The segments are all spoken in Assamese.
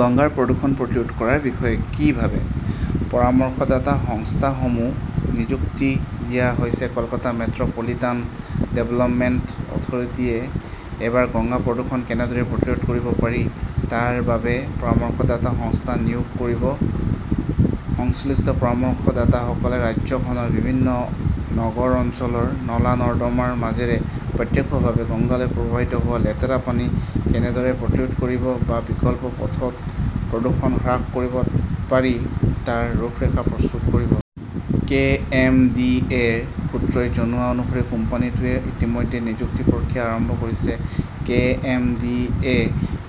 গংগাৰ প্ৰদূষণ প্ৰতিৰোধ কৰাৰ বিষয়ে কি ভাবে, পৰামৰ্শদাতা সংস্থাসমূহ নিযুক্তি দিয়া হৈছে Kolkata 'metropolitan development authority য়ে এইবাৰ গংগা প্ৰদূষণ কেনেদৰে প্ৰতিৰোধ কৰিব পাৰি তাৰ বাবে পৰামৰ্শদাতা সংস্থা নিয়োগ কৰিব। সংশ্লিষ্ট পৰামৰ্শদাতাসকলে ৰাজ্যখনৰ বিভিন্ন নগৰ অঞ্চলৰ নলা-নৰ্দমাৰ মাজেৰে প্ৰত্যক্ষভাৱে গংগালৈ প্ৰবাহিত হোৱা লেতেৰা পানী কেনেদৰে প্ৰতিৰোধ কৰিব বা বিকল্প পথত প্ৰদূষণ হ্ৰাস কৰিব পাৰি তাৰ ৰূপৰেখা প্ৰস্তুত কৰিব। কে. এম. ডি. এ. -ৰ সূত্ৰই জনোৱা অনুসৰি কোম্পানীটোৱে ইতিমধ্যে নিযুক্তিৰ প্ৰক্ৰিয়া আৰম্ভ কৰিছে। কে. এম. ডি. এ.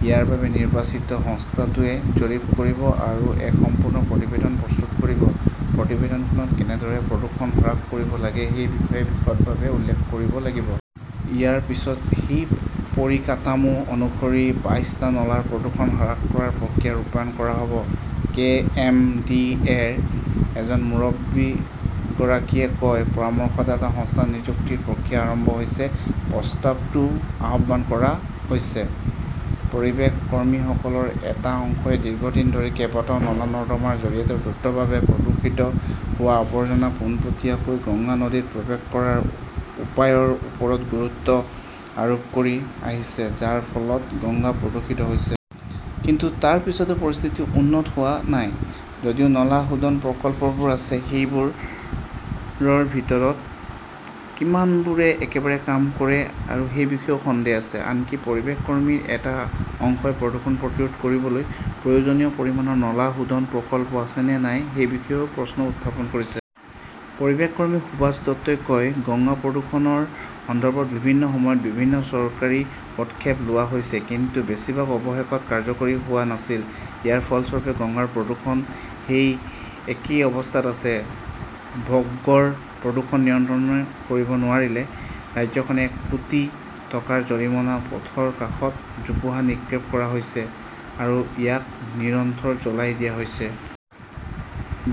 ইয়াৰ বাবে নিৰ্বাচিত সংস্থাটোৱে জৰীপ কৰিব আৰু এক সম্পূৰ্ণ প্ৰতিবেদন প্ৰস্তুত কৰিব। প্ৰতিবেদনখনত কেনেদৰে প্ৰদূষণ হ্ৰাস কৰিব লাগে সেই বিষয়ে বিশদভাৱে উল্লেখ কৰিব লাগিব। ইয়াৰ পিছত সেই পৰিকাঠামো অনুসৰি বাইশটা নলাৰ প্ৰদূষণ হ্ৰাস কৰাৰ প্ৰক্ৰিয়া ৰূপায়ণ কৰা হ'ব। কে. এম. ডি. এ. -ৰ এজন মুৰব্বীগৰাকীয়ে কয়, পৰামৰ্শদাতা সংস্থা নিযুক্তিৰ প্ৰক্ৰিয়া আৰম্ভ হৈছে। প্ৰস্তাৱটোও আহ্বান কৰা হৈছে। পৰিৱেশ কৰ্মীসকলৰ এটা অংশই দীৰ্ঘদিন ধৰি কেইবাটাও নলা-নৰ্দমাৰ জৰিয়তে দ্ৰুতভাৱে প্ৰদূষিত হোৱা আৱৰ্জনা পোনপটীয়াকৈ গংগা নদীত প্ৰৱেশ কৰাৰ উপায়ৰ ওপৰত গুৰুত্ব আৰোপ কৰি আহিছে, যাৰ ফলত গংগা প্ৰদূষিত হৈছে। কিন্তু তাৰ পিছতো পৰিস্থিতি উন্নত হোৱা নাই। যদিও নলা শোধন প্ৰকল্পবোৰ আছে, সেইবোৰৰ ভিতৰত কিমানবোৰে একেবাৰে কাম কৰে সেই বিষয়েও সন্দেহ আছে। আনকি পৰিৱেশ কৰ্মীৰ এটা অংশই প্ৰদূষণ প্ৰতিৰোধ কৰিবলৈ প্ৰয়োজনীয় পৰিমাণৰ নলা শোধন প্ৰকল্প আছে নে নাই সেই বিষয়েও প্ৰশ্ন উত্থাপন কৰিছে। পৰিৱেশ কৰ্মী সুভাষ দত্তই কয়, গংগা প্ৰদূষণৰ সন্দৰ্ভত বিভিন্ন সময়ত বিভিন্ন চৰকাৰী পদক্ষেপ লোৱা হৈছে। কিন্তু বেছিভাগ অৱশেষত কাৰ্যকৰী হোৱা নাছিল। ইয়াৰ ফলস্বৰূপে, গংগাৰ প্ৰদূষণ সেই একেই অৱস্থাত আছে। ভগড়ৰ প্ৰদূষণ নিয়ন্ত্ৰণ কৰিব নোৱাৰিলে, ৰাজ্যখনে এক কোটি টকাৰ জৰিমনা পথৰ কাষত জোপোহা নিক্ষেপ কৰা হৈছে আৰু ইয়াক নিৰন্তৰ জ্বলাই দিয়া হৈছে।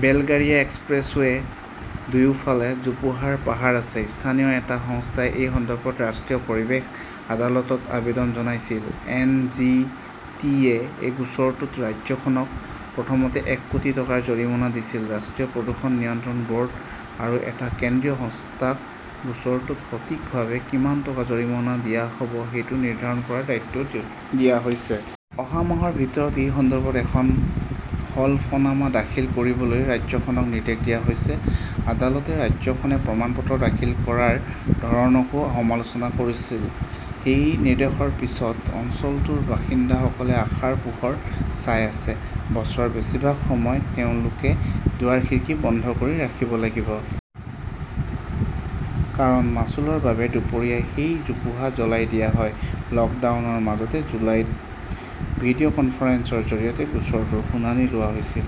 বেলগাৰিয়া এক্সপ্ৰেছৱে 'ৰ দুয়োফালে জোপোহাৰ পাহাৰ আছে। স্থানীয় এটা সংস্থাই এই সন্দৰ্ভত ৰাষ্ট্ৰীয় পৰিৱেশ আদালতত আবেদন জনাইছিল। এন. জি. টি. -য়ে সেই গোচৰটোত ৰাজ্যখনক প্ৰথমতে এক কোটি টকাৰ জৰিমনা দিছিল। ৰাষ্ট্ৰীয় প্ৰদূষণ নিয়ন্ত্ৰণ বৰ্ড আৰু এটা কেন্দ্ৰীয় সংস্থাক গোচৰটোত সঠিকভাৱে কিমান টকা জৰিমনা দিয়া হব সেইটো নিৰ্ধাৰণ কৰাৰ দায়িত্বও দিয়া হৈছে। অহা মাহৰ ভিতৰত এই সন্দৰ্ভত এখন হলফনামা দাখিল কৰিবলৈ ৰাজ্যখনক নিৰ্দেশ দিয়া হৈছে। আদালতে ৰাজ্যখনে প্ৰমাণপত্ৰ দাখিল কৰাৰ ধৰণকো সমালোচনা কৰিছিল। এই নিৰ্দেশৰ পিছত অঞ্চলটোৰ বাসিন্দাসকলে আশাৰ পোহৰ চাই আছে। বছৰৰ বেছিভাগ সময় তেওঁলোকে দুৱাৰ-খিৰিকী বন্ধ কৰি ৰাখিব লাগিব। কাৰণ, মাচুলৰ বাবে দুপৰীয়া সেই জোপোহা জ্বলাই দিয়া হয়। লকডাউনৰ মাজতে জুলাইত ভিডিঅ 'কনফাৰেন্সৰ জৰিয়তে গোচৰটোৰ শুনানি লোৱা হৈছিল।